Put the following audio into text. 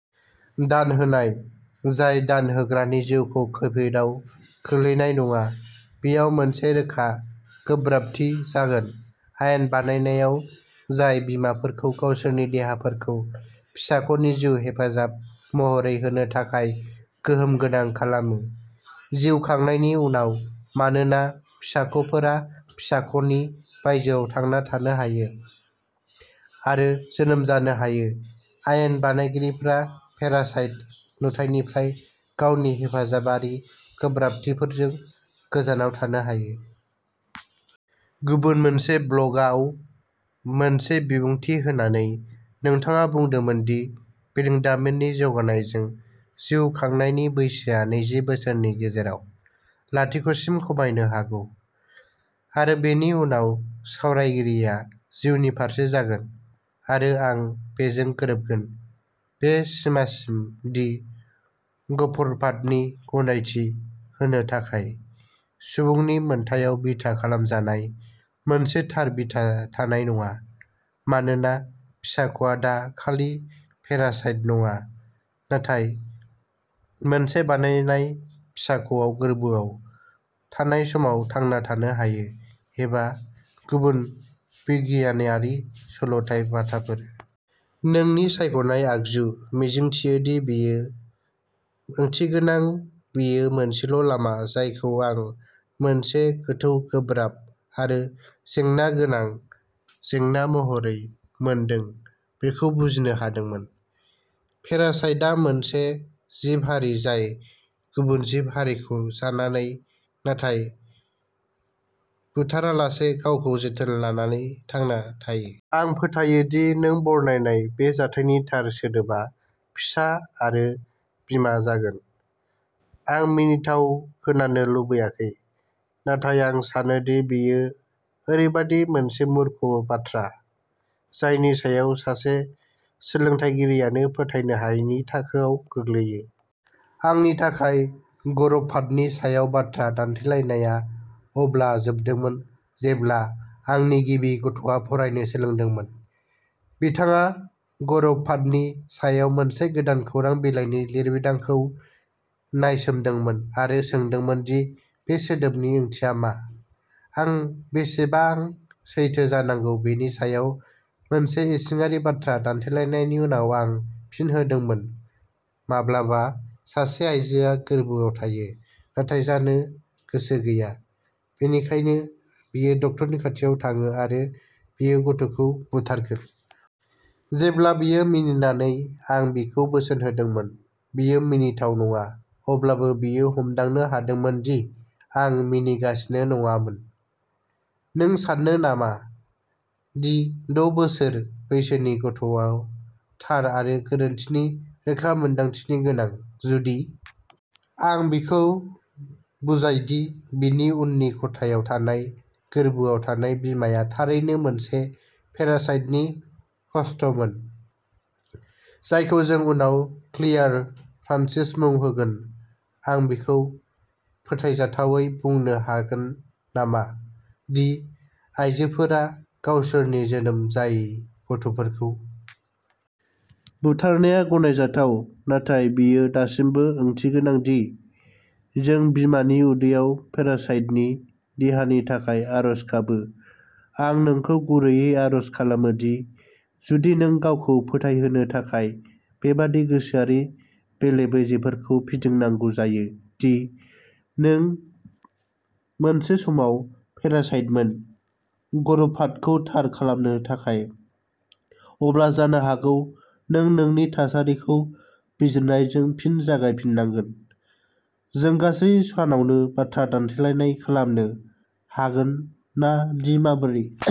दान होनाय जाय दान होग्रानि जिउखौ खैफोदाव खोख्लैनाय नङा, बेयाव मोनसे रोखा गोब्राबथि जागोन आयेन बानायनायाव जाय बिमाफोरखौ गावसोरनि देहाफोरखौ फिसाख'नि जिउ हेफाजाब महरै होनो थाखाय गोहोम गोनां खालामो। जिउ खांनायनि उनाव, मानोना फिसाख'फोरा फिसाख'नि बायजोआव थांना थानो हायो आरो जोनोम जानो हायो आयेन बानायगिरिफोरा पेरासाइट नुथाइनिफ्राय गावनि हेफाजाबारि गोब्राबथिफोरजों गोजानाव थानो हायो। गुबुन मोनसे ब्लगआव मोनसे बिबुंथि होनानै, नोंथाङा बुंदोंमोन दि बिरोंदामिननि जौगानायजों, जिउ खांनायनि बैसोआ नैजि बोसोरनि गेजेराव लाथिख'सिम खमायनो हागौ आरो बेनि उनाव सावरायगिरिया जिउनि फारसे जागोन, आरो आं बेजों गोरोबगोन बे सिमासिम दि गर्भपातनि गनायथि होनो थाखाय सुबुंनि मोनथायाव बिथा खालामजानाय मोनसे थार बिथा थानाय नङा मानोना फिसाख'आ दा खालि पेरासाइट नङा नाथाय मोनसे बानायनाय फिसाख'आव गोर्बोआव थानाय समाव थांना थानो हायो, एबा गुबुन बिगियानारि सल'बाथाफोर। नोंनि सायख'नाय आगजु। मिजिंथियो दि बेयो ओंथिगोनां बेयो मोनसेल' लामा जायखौ आं मोनसे गोथौ गोब्राब आरो जेंना गोनां जेंना महरै मोनदों बेखौ बुजिनो हादोंमोन। पेरासाइटआ मोनसे जिब-हारि जाय गुबुन जिब-हारिखौ जानानै, नाथाय बुथारालासे गावखौ जोथोन लानानै थांना थायो। आं फोथायो दि नों बरनायनाय बे जाथायनि थार सोदोबा फिसा आरो बिमा जागोन। आं मिनिथाव खोनानो लुबैयाखै, नाथाय आं सानोदि बेयो ओरैबायदि मोनसे मूर्ख बाथ्रा जायनि सायाव सासे सोलोंथायगिरियानो फोथायनो हायैनि थाखोआव गोग्लैयो। आंनि थाखाय, गर्भपातनि सायाव बाथ्रा दान्थेलायनाया अब्ला जोबदोंमोन जेब्ला आंनि गिबि गथ'आ फरायनो सोलोंदोंमोन। बिथाङा गर्भपातनि सायाव मोनसे गोदान खौरां बिलाइनि लिरबिदांखौ नायसोमदोंमोन आरो सोंदोंमोन दि बे सोदोबनि ओंथिया मा। आं बेसेबां सैथो जानांगौ बेनि सायाव मोनसे इसिङारि बाथ्रा दान्थेलायनायनि उनाव आं फिन होदोंमोन माब्लाबा सासे आयजोआ गोरबोआव थायो, नाथाय जानो गोसो गैया, बेनिखायनो बियो डाक्टारनि खाथियाव थाङो आरो बियो गथ'खौ बुथारगोन। जेब्ला बियो मिनिनानै आं बिखौ बोसोन होदोंमोन, बेयो मिनिथाव नङा अब्लासो बियो हमदांनो हादोंमोन दि आं मिनिगासिनो नङामोन। नों सानो नामा दि द' बोसोर बैसोनि गथ'आ थार आरो गोरोन्थिनि रोखा मोनदांथि गोनां, जुदि आं बिखौ बुजायदि बिनि उननि खथायाव थानाय गोरबोआव थानाय बिमाया थारैनो मोनसे पेरासाइटनि ह'स्टमोन, जायखौ जों उनाव क्लेयार फ्रान्सिस मुं होगोन आं बिखौ फोथायजाथावै बुंनो हागोन नामा दि आयजोफोरा गावसोरनि जोनोम जायि गथ'फोरखौ बुथारनाया गनायजाथाव, नाथाय बेयो दासिमबो ओंथिगोनां दि जों बिमानि उदैयाव पेरासाइटनि देहानि थाखाय आरज गाबो आं नोंखौ गुरैयै आर'ज खालामो दि जुदि नों गावखौ फोथायहोनो थाखाय बेबादि गोसोआरि बेले-बेजेफोरखौ फिदिंनांगौ जायो दि नों मोनसे समाव पेरासाइटमोन, गर्भपातखौ थार खालामनो थाखाय, अब्ला जानो हागौ नों नोंनि थासारिखौ बिजिरनायजों फिन जागायफिननांगोन। जों गासै सानावनो बाथ्रा दान्थेलायनाय खालामनो हागोन दि माबोरै।